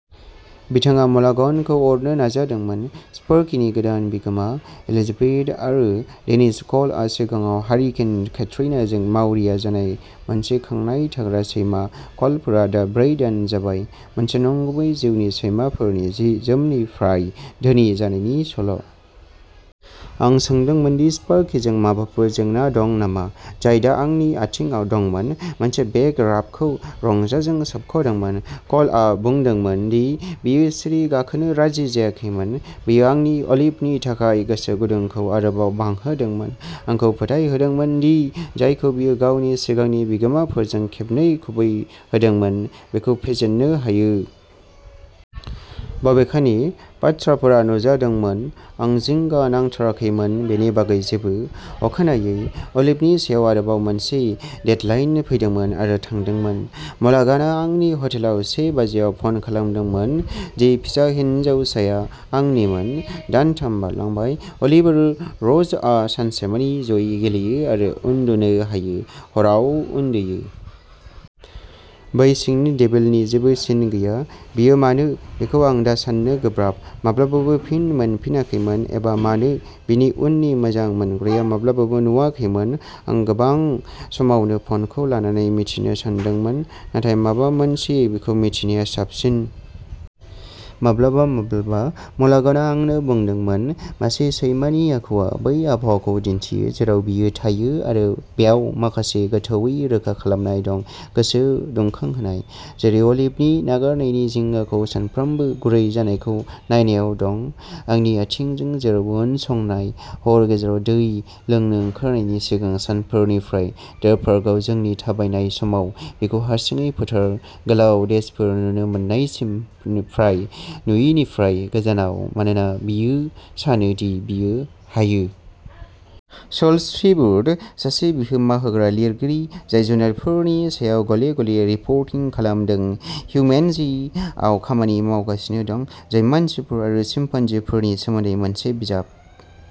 बिथाङा म'लाघनखौ अरनो नाजादोंमोन। स्पार्किनि गोदान बिगोमा, एलिजाबेथ आरो डेनिस क'लआ सिगाङाव हारिकेन केट्रिनाजों मावरिया जानाय मोनसे खांनाय थाग्रा सैमा क'लफोरा दा ब्रै दान जाबाय। मोनसे नंगुबै जिउनि सैमाफोरनि जि-जोमनिफ्राय धोनि जानायनि सल'। आं सोंदोंमोन दि स्पार्किजों माबाफोर जेंना दं नामा, जाय दा आंनि आथिंआव दंमोन, मोनसे बेक राबखौ रंजाजों सोबख'दोंमोन। क'लआ बुंदोंमोन दि बियो सिरि गाखोनो राजि जायाखैमोन। बेयो आंनि अलिभनि थाखाय गोसो गुदुंखौ आरोबाव बांहोदोंमोन, आंखौ फोथायहोदोंमोन दि जायखौ बियो गावनि सिगांनि बिगोमाफोरजों खेबनै खुबैहोदोंमोन, बेखौ फेजेननो हायो। बबेखानि, बाथ्राफोरा नुजादोंमोन, आं जिंगा नांथाराखैमोन बेनि बागै जेबो। अखानायै, अलिभनि सायाव आरोबाव मोनसे डेडलाइन फैदोंमोन आरो थांदोंमोन। म'लाघाना आंनि हटेलाव से बाजियाव फन खालामदोंमोन दि फिसा हिनजावसाया आंनिमोन। दानथाम बारलांबाय। अलिभ आरो र'जआ सानसेमानि जयै गेलेयो आरो उन्दुनो हायो, हराव उन्दुयो। बै सिंनि डेभिलनि जेबो सिन गैया। बियो मानो बेखौ आं दा सान्नो गोब्राब। माब्लाबाबो फिन मोनफिनाखैमोन एबा मानो बिनि उननि मोजां मोनग्राया माब्लाबाबो नुवाखैमोन। आं गोबां समावनो फ'नखौ लानानै मिथिनो सानदोंमोन, नाथाय माबा मोनसेयै बेखौ मिन्थिनाया साबसिन। माब्लाबा माब्लाबा म'लाघाना आंनो बुंदोंमोन मासे सैमानि आखुआ बै आबहावाखौ दिन्थियो जेराव बियो थायो आरो बेयाव माखासे गोथौवै रोखा खालामनाय दं, गोसो दुंखांहोनाय। जेरै अलिभनि नागारनायनि जिंगाखौ सानफ्रोमबो गुरै जानायखौ नायनायाव दं। आंनि आथिंजों जेरावबो उनसंनाय, हर गेजेराव दै लोंनो ओंखारनायनि सिगां सानफोरनिफ्राय दा पार्कआव जोंनि थाबायनाय समाव बिखौ हारसिङै फोथार गोलाव डेशफोर नुनो मोन्नायसिम फ्राय नुयिनिफ्राय गोजानाव, मानोना बियो सानो दि बियो हायो। चार्ल्स सिबर्ट, सासे बिहोमा होग्रा लिरगिरि जाय जुनारफोरनि सायाव गले-गले रिपर्टिं खालामदों, "हिउमेनजी" आव खामानि मावगासिनो दं, जाय मानसिफोर आरो चिम्पान्जीफोरनि सोमोन्दै मोनसे बिजाब।